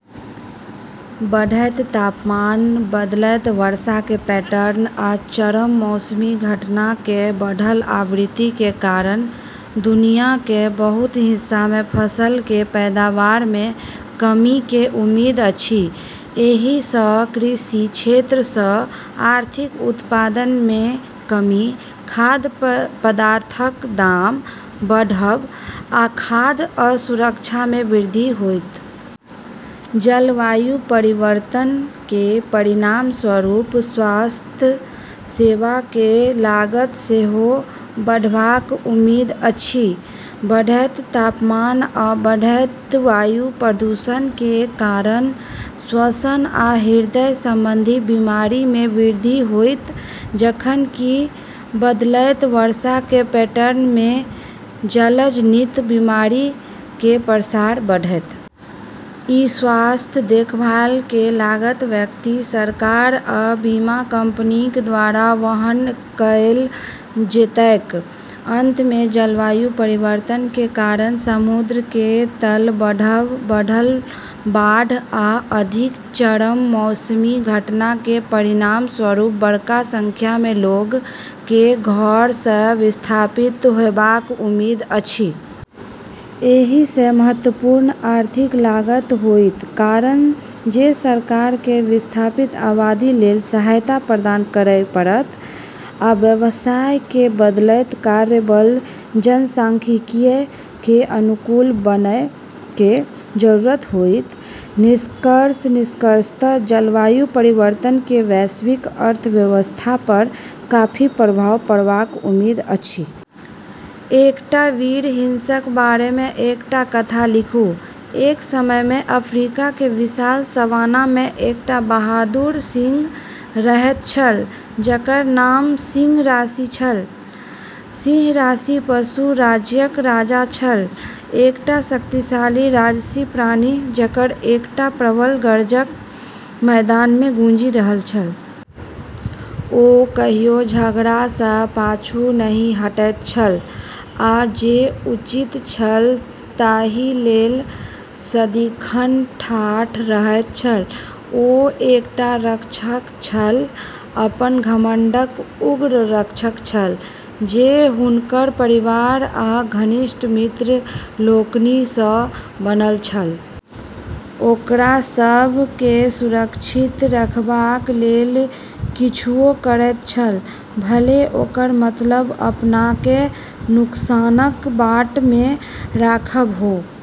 बढ़ैत तापमान, बदलैत वर्षा के पैटर्न, आ चरम मौसमी घटना के बढ़ल आवृत्ति के कारण दुनिया के बहुत हिस्सा मे फसल के पैदावार मे कमी के उम्मीद अछि। एहि सँ कृषि क्षेत्र सँ आर्थिक उत्पादन मे कमी, खाद्य पदार्थक दाम बढ़ब, आ खाद्य असुरक्षा मे वृद्धि होइत। जलवायु परिवर्तन के परिणामस्वरूप स्वास्थ्य सेवा के लागत सेहो बढ़बाक उम्मीद अछि। बढ़ैत तापमान आ बढ़ैत वायु प्रदूषण के कारण श्वसन आ हृदय संबंधी बीमारी मे वृद्धि होइत, जखन कि बदलैत वर्षा के पैटर्न मे जलजनित बीमारी के प्रसार बढ़ैत। ई स्वास्थ्य देखभाल के लागत व्यक्ति, सरकार, आ बीमा कंपनीक द्वारा वहन कएल जेतैक। अंत मे, जलवायु परिवर्तन के कारण समुद्र के तल बढ़ब, बढ़ल बाढ़, आ अधिक चरम मौसमी घटना के परिणामस्वरूप बड़का संख्या मे लोग केँ घर सँ विस्थापित होयबाक उम्मीद अछि। एहि सँ महत्वपूर्ण आर्थिक लागत होइत, कारण जे सरकार केँ विस्थापित आबादी लेल सहायता प्रदान करय पड़त, आ व्यवसाय केँ बदलैत कार्यबल जनसांख्यिकीय के अनुकूल बनय के जरूरत होइत। निष्कर्ष निष्कर्षतः जलवायु परिवर्तन के वैश्विक अर्थव्यवस्था पर काफी प्रभाव पड़बाक उम्मीद अछि। एकटा वीर सिंहक बारे मे एकटा कथा लिखू। एक समय मे अफ्रीका के विशाल सवाना मे एकटा बहादुर सिंह रहैत छल, जकर नाम सिंह राशि छल। सिंह राशि पशु राज्यक राजा छल, एकटा शक्तिशाली, राजसी प्राणी, जकर एकटा प्रबल गर्जन मैदान मे गूँजि रहल छल। ओ कहियो झगड़ा सँ पाछू नहि हटैत छल, आ जे उचित छल ताहि लेल सदिखन ठाढ़ रहैत छल। ओ एकटा रक्षक छल, अपन घमंडक उग्र रक्षक छल, जे हुनकर परिवार आ घनिष्ठ मित्र लोकनि सँ बनल छल। ओकरा सभ केँ सुरक्षित रखबाक लेल किछुओ करैत छल, भले ओकर मतलब अपनाकेँ नुकसानक बाट मे राखब हो।